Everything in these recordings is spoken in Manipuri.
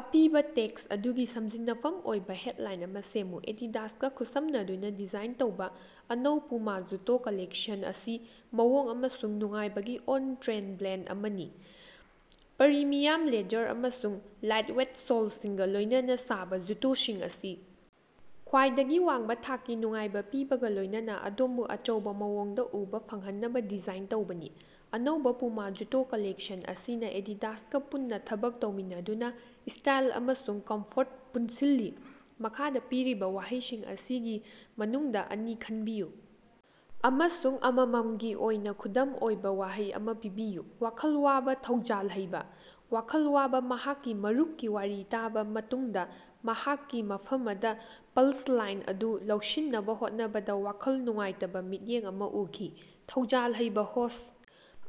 ꯑꯄꯤꯕ ꯇꯦꯛꯁ ꯑꯗꯨꯒꯤ ꯁꯝꯖꯤꯟꯅꯐꯝ ꯑꯣꯏꯕ ꯍꯦꯠꯂꯥꯏꯟ ꯑꯃ ꯁꯦꯝꯃꯨ꯫ ꯑꯦꯗꯤꯗꯥꯁꯀ ꯈꯨꯠꯁꯝꯅꯗꯨꯅ ꯗꯤꯖꯥꯏꯟ ꯇꯧꯕ ꯑꯅꯧ ꯄꯨꯃ ꯖꯨꯇꯣ ꯀꯂꯦꯛꯁꯟ ꯑꯁꯤ ꯃꯑꯣꯡ ꯑꯃꯁꯨꯡ ꯅꯨꯡꯉꯥꯏꯕꯒꯤ ꯑꯣꯟ ꯇꯔꯦꯟ ꯕꯂꯦꯟ ꯑꯃꯅꯤ꯫ ꯄꯔꯤꯃꯤꯌꯥꯝ ꯂꯦꯗꯔ ꯑꯃꯁꯨꯡ ꯂꯥꯏꯠꯋꯦꯠ ꯁꯣꯜꯁꯤꯡꯒ ꯂꯣꯏꯅꯅ ꯁꯥꯕ ꯖꯨꯇꯣꯁꯤꯡ ꯑꯁꯤ ꯈ꯭ꯋꯥꯏꯗꯒꯤ ꯋꯥꯡꯕ ꯊꯥꯛꯀꯤ ꯅꯨꯡꯉꯥꯏꯕ ꯄꯤꯕꯒ ꯂꯣꯌꯅꯅ ꯑꯗꯣꯝꯕꯨ ꯑꯆꯧꯕ ꯃꯑꯣꯡꯗ ꯎꯕ ꯐꯪꯍꯟꯅꯕ ꯗꯤꯖꯥꯏꯟ ꯇꯧꯕꯅꯤ꯫ ꯑꯅꯧꯕ ꯄꯨꯃ ꯖꯨꯇꯣ ꯀꯂꯦꯛꯁꯟ ꯑꯁꯤꯅ ꯑꯦꯗꯤꯗꯥꯁꯀ ꯄꯨꯟꯅ ꯊꯕꯛ ꯇꯧꯃꯤꯟꯅꯗꯨꯅ ꯁ꯭ꯇꯥꯏꯜ ꯑꯃꯁꯨꯡ ꯀꯝꯐꯣꯔꯠ ꯄꯨꯟꯁꯤꯜꯂꯤ꯫ ꯃꯈꯥꯗ ꯄꯤꯔꯤꯕ ꯋꯥꯍꯩꯁꯤꯡ ꯑꯁꯤꯒꯤ ꯃꯅꯨꯡꯗ ꯑꯅꯤ ꯈꯟꯕꯤꯌꯨ ꯑꯃꯁꯨꯡ ꯑꯃꯝꯃꯝꯒꯤ ꯑꯣꯏꯅ ꯈꯨꯗꯝ ꯑꯣꯏꯕ ꯋꯥꯍꯩ ꯑꯃ ꯄꯤꯕꯤꯌꯨ꯫ ꯋꯥꯈꯜ ꯋꯥꯕ ꯊꯧꯖꯥꯜ ꯍꯩꯕ꯫ ꯋꯥꯈꯜ ꯋꯥꯕ ꯃꯍꯥꯛꯀꯤ ꯃꯔꯨꯄꯀꯤ ꯋꯥꯔꯤ ꯇꯥꯕ ꯃꯇꯨꯡꯗ ꯃꯍꯥꯛꯀꯤ ꯃꯐꯃꯗ ꯄꯟꯁꯂꯥꯏꯟ ꯑꯗꯨ ꯂꯧꯁꯤꯟꯅꯕ ꯍꯣꯠꯅꯕꯗ ꯋꯥꯈꯜ ꯅꯨꯡꯉꯥꯏꯇꯕ ꯃꯤꯠꯌꯦꯡ ꯑꯃ ꯎꯈꯤ꯫ ꯊꯧꯖꯥꯜ ꯍꯩꯕ ꯍꯣꯁ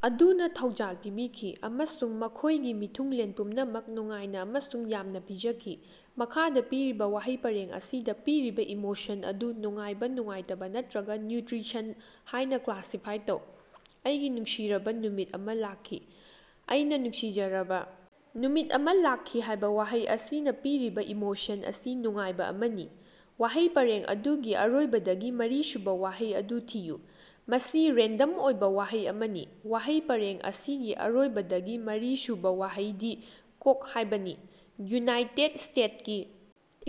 ꯑꯗꯨꯅ ꯊꯧꯖꯥꯜ ꯄꯤꯕꯤꯈꯤ ꯑꯃꯁꯨꯡ ꯃꯈꯣꯏꯒꯤ ꯃꯤꯊꯨꯡꯂꯦꯟ ꯄꯨꯝꯅꯃꯛ ꯅꯨꯡꯉꯥꯏꯅ ꯑꯃꯁꯨꯡ ꯌꯥꯝꯅ ꯄꯤꯖꯈꯤ꯫ ꯃꯈꯥꯗ ꯄꯤꯔꯤꯕ ꯋꯥꯍꯩ ꯄꯔꯦꯡ ꯑꯁꯤꯗ ꯄꯤꯔꯤꯕ ꯏꯃꯣꯁꯟ ꯑꯗꯨ ꯅꯨꯡꯉꯥꯏꯕ ꯅꯨꯡꯉꯥꯏꯇꯕ ꯅꯠꯇ꯭ꯔꯒꯥ ꯅꯤꯌꯨꯇꯔꯤꯁꯟ ꯍꯥꯏꯅ ꯀꯂꯥꯁꯤꯐꯥꯏ ꯇꯧ꯫ ꯑꯩꯒꯤ ꯅꯨꯡꯁꯤꯔꯕ ꯅꯨꯃꯤꯠ ꯑꯃ ꯂꯥꯀꯈꯤ꯫ ꯑꯩꯅ ꯅꯨꯡꯁꯤꯖꯔꯕ ꯅꯨꯃꯤꯠ ꯑꯃ ꯂꯥꯀꯈꯤ ꯍꯥꯏꯕ ꯋꯥꯍꯩ ꯑꯁꯤꯅ ꯄꯤꯔꯤꯕ ꯏꯃꯣꯁꯟ ꯑꯁꯤ ꯅꯨꯡꯉꯥꯏꯕ ꯑꯃꯅꯤ꯫ ꯋꯥꯍꯩ ꯄꯔꯦꯡ ꯑꯗꯨꯒꯤ ꯑꯔꯣꯏꯕꯗꯒꯤ ꯃꯔꯤꯁꯨꯕ ꯋꯥꯍꯩ ꯑꯗꯨ ꯊꯤꯌꯨ꯫ ꯃꯁꯤ ꯔꯦꯟꯗꯝ ꯑꯣꯏꯕ ꯋꯥꯍꯩ ꯑꯃꯅꯤ꯫ ꯋꯥꯍꯩ ꯄꯔꯦꯡ ꯑꯁꯤꯒꯤ ꯑꯔꯣꯏꯕꯗꯒꯤ ꯃꯔꯤꯁꯨꯕꯥ ꯋꯥꯍꯩꯗꯤ ꯀ"ꯍꯥꯏꯕꯅꯤ꯫ ꯌꯨꯅꯥꯏꯇꯦꯠ ꯁ꯭ꯇꯦꯠꯁꯀꯤ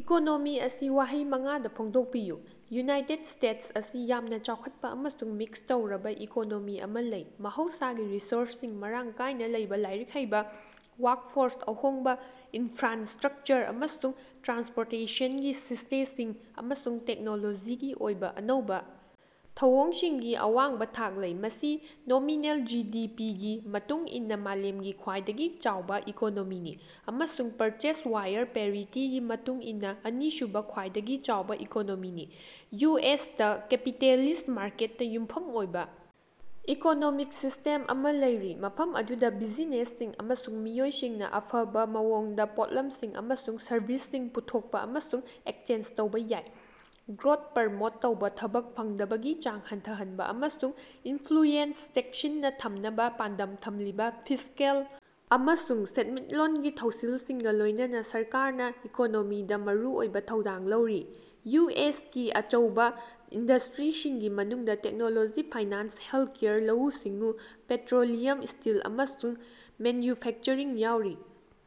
ꯏꯀꯣꯅꯣꯃꯤ ꯑꯁꯤ ꯋꯥꯍꯩ ꯃꯉꯥꯗ ꯐꯣꯡꯗꯣꯛꯄꯤꯌꯨ꯫ ꯌꯨꯅꯥꯏꯇꯦꯠ ꯁ꯭ꯇꯦꯠꯁ ꯑꯁꯤ ꯌꯥꯝꯅ ꯆꯥꯎꯈꯠꯄ ꯑꯃꯁꯨꯡ ꯃꯤꯛꯁ ꯇꯧꯔꯕ ꯏꯀꯣꯅꯣꯃꯤ ꯑꯃ ꯂꯩ ꯃꯍꯧꯁꯥꯒꯤ ꯔꯤꯁꯣꯔꯁꯁꯤꯡ ꯃꯔꯥꯡ ꯀꯥꯌꯅ ꯂꯩꯕ ꯂꯥꯏꯔꯤꯛ ꯍꯩꯕ ꯋꯥꯔꯛꯐꯣꯔꯁ ꯑꯍꯣꯡꯕ ꯏꯟꯐ꯭ꯔꯥꯟꯁꯇꯔꯛꯆꯔ ꯑꯃꯁꯨꯡ ꯇ꯭ꯔꯥꯟꯁꯄꯣꯔꯇꯦꯁꯟꯒꯤ ꯁꯤꯁꯇꯦꯁꯤꯡ ꯑꯃꯁꯨꯡ ꯇꯦꯛꯅꯣꯂꯣꯖꯤꯒꯤ ꯑꯣꯏꯕ ꯑꯅꯧꯕ ꯊꯧꯑꯣꯡꯁꯤꯡꯒꯤ ꯑꯋꯥꯡꯕ ꯊꯥꯛ ꯂꯩ꯫ ꯃꯁꯤ ꯅꯣꯃꯤꯅꯦꯜ ꯖꯤ ꯗꯤ ꯄꯤ ꯒꯤ ꯃꯇꯨꯡ ꯏꯟꯅ ꯃꯥꯂꯦꯝꯒꯤ ꯈ꯭ꯋꯥꯏꯗꯒꯤ ꯆꯥꯎꯕ ꯏꯀꯣꯅꯣꯃꯤꯅꯤ ꯑꯃꯁꯨꯡ ꯄꯔꯆꯦꯖ ꯄꯥꯋꯔ ꯄꯦꯔꯤꯇꯤꯒꯤ ꯃꯇꯨꯡ ꯏꯟꯅ ꯑꯅꯤꯁꯨꯕ ꯈ꯭ꯋꯥꯏꯗꯒꯤ ꯆꯥꯎꯕ ꯏꯀꯣꯅꯣꯃꯤꯅꯤ꯫ ꯌꯨ ꯑꯦꯁ ꯇꯥ ꯀꯦꯄꯤꯇꯦꯂꯤꯁ ꯃꯥꯔꯀꯦꯠꯇ ꯌꯨꯝꯐꯝ ꯑꯣꯏꯕ ꯏꯀꯣꯅꯣꯃꯤꯛ ꯁꯤꯁꯇꯦꯝ ꯑꯃ ꯂꯩꯔꯤ ꯃꯐꯝ ꯑꯗꯨꯗ ꯕꯤꯖꯤꯅꯦꯁꯁꯤꯡ ꯑꯃꯁꯨꯡ ꯃꯤꯑꯣꯏꯁꯤꯡꯅ ꯑꯐꯕ ꯃꯑꯣꯡꯗ ꯄꯣꯠꯂꯝꯁꯤꯡ ꯑꯃꯁꯨꯡ ꯁꯔꯕꯤꯁꯁꯤꯡ ꯄꯨꯊꯣꯛꯄ ꯑꯃꯁꯨꯡ ꯑꯦꯛꯆꯦꯟꯁ ꯇꯧꯕ ꯌꯥꯏ꯫ ꯒ꯭ꯔꯣꯠ ꯄꯔꯃꯣꯠ ꯇꯧꯕ ꯊꯕꯛ ꯐꯪꯗꯕꯒꯤ ꯆꯥꯡ ꯍꯟꯊꯍꯟꯕ ꯑꯃꯁꯨꯡ ꯏꯟꯐ꯭ꯂꯨꯌꯦꯟꯁ ꯆꯦꯛꯁꯤꯟꯅ ꯊꯝꯅꯕ ꯄꯥꯟꯗꯝ ꯊꯝꯂꯤꯕ ꯐꯤꯁ꯭ꯀꯦꯜ ꯑꯃꯁꯨꯡ ꯁꯦꯟꯃꯤꯠꯂꯣꯟꯒꯤ ꯊꯧꯁꯤꯜꯁꯤꯡꯒ ꯂꯣꯌꯅꯅ ꯁꯔꯀꯥꯔꯅ ꯏꯀꯣꯅꯣꯃꯤꯗ ꯃꯔꯨꯑꯣꯏꯕ ꯊꯧꯗꯥꯡ ꯂꯧꯔꯤ꯫ ꯌꯨ ꯑꯦꯁ ꯀꯤ ꯑꯆꯧꯕ ꯏꯟꯗꯁꯇ꯭ꯔꯤꯁꯤꯡꯒꯤ ꯃꯅꯨꯡꯗ ꯇꯦꯛꯅꯣꯂꯣꯖꯤ ꯐꯥꯏꯅꯥꯟꯁ ꯍꯦꯜꯀꯦꯌꯔ ꯂꯧꯎ ꯁꯤꯡꯎ ꯄꯦꯠꯇꯔꯣꯂꯤꯌꯝ ꯁꯇꯤꯜ ꯑꯃꯁꯨꯡ ꯃꯦꯟꯌꯨꯐꯦꯛꯆꯔꯤꯡ ꯌꯥꯎꯔꯤ꯫